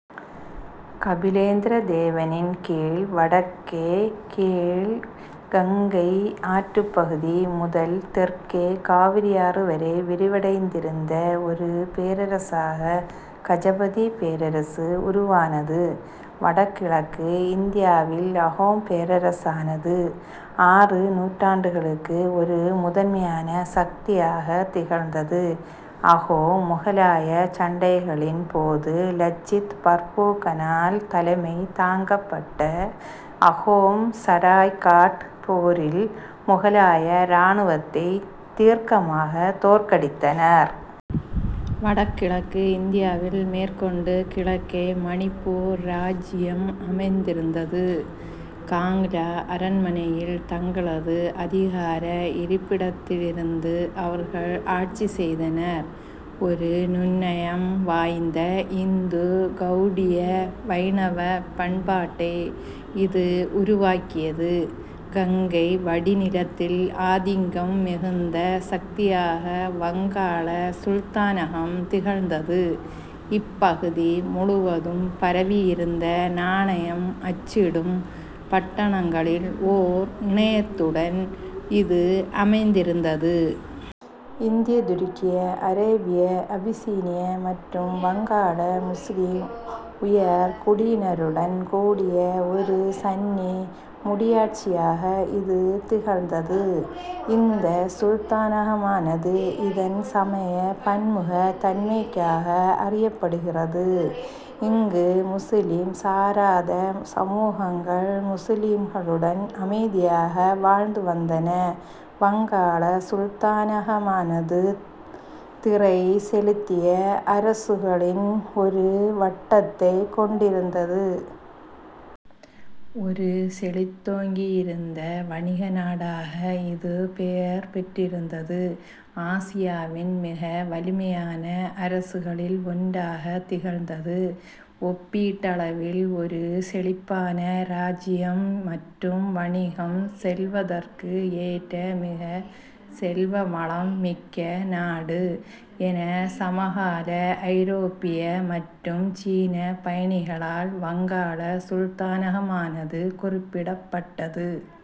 கபிலேந்திர தேவனின் கீழ் வடக்கே கீழ் கங்கை ஆற்றுப்பகுதி முதல் தெற்கே காவிரியாறு வரை விரிவடைந்திருந்த ஒரு பேரரசாக கஜபதி பேரரசு உருவானது. வடகிழக்கு இந்தியாவில் அகோம் பேரரசானது ஆறு நூற்றாண்டுகளுக்கு ஒரு முதன்மையான சக்தியாகத் திகழ்ந்தது. அகோம்-முகலாயச் சண்டைகளின் போது லச்சித் பர்பூக்கனால் தலைமை தாங்கப்பட்ட அகோம்கள் சராய்காட் போரில் முகலாய இராணுவத்தைத் தீர்க்கமாகத் தோற்கடித்தனர். வடகிழக்கு இந்தியாவில் மேற்கொண்டு கிழக்கே மணிப்பூர் இராச்சியம் அமைந்திருந்தது. காங்லா அரண்மனையில் தங்களது அதிகார இருப்பிடத்திலிருந்து அவர்கள் ஆட்சி செய்தனர். ஒரு நுண்ணயம் வாய்ந்த இந்து கௌடிய வைணவப் பண்பாட்டை இது உருவாக்கியது. கங்கை வடிநிலத்தின் ஆதிக்கம் மிகுந்த சக்தியாக வங்காள சுல்தானகம் திகழ்ந்தது. இப்பகுதி முழுவதும் பரவியிருந்த நாணயம் அச்சிடும் பட்டணங்களின் ஓர் இணையத்துடன் இது அமைந்திருந்தது. இந்திய-துருக்கிய, அரேபிய, அபிசீனிய மற்றும் வங்காள-முசுலிம் உயர்குடியினருடன் கூடிய ஒரு சன்னி முடியாட்சியாக இது திகழ்ந்தது. இந்த சுல்தானகமானது இதன் சமய பன்முகத் தன்மைக்காக அறியப்படுகிறது. இங்கு முசுலிம் சாராத சமூகங்கள் முசுலிம்களுடன் அமைதியாக வாழ்ந்து வந்தன. வங்காள சுல்தானகமானது திறை செலுத்திய அரசுகளின் ஒரு வட்டத்தைக் கொண்டிருந்தது. ஒரு செழித்தோங்கியிருந்த வணிக நாடாக இது பெயர் பெற்றிருந்தது. ஆசியாவின் மிக வலிமையான அரசுகளில் ஒன்றாகத் திகழ்ந்தது. ஒப்பீட்டளவில் ஒரு செழிப்பான இராச்சியம் மற்றும் "வணிகம் செய்வதற்கு ஏற்ற மிக செல்வ வளம் மிக்க நாடு" என சமகால ஐரோப்பிய மற்றும் சீனப் பயணிகளால் வங்காள சுல்தானகமானது குறிப்பிடப்பட்டது.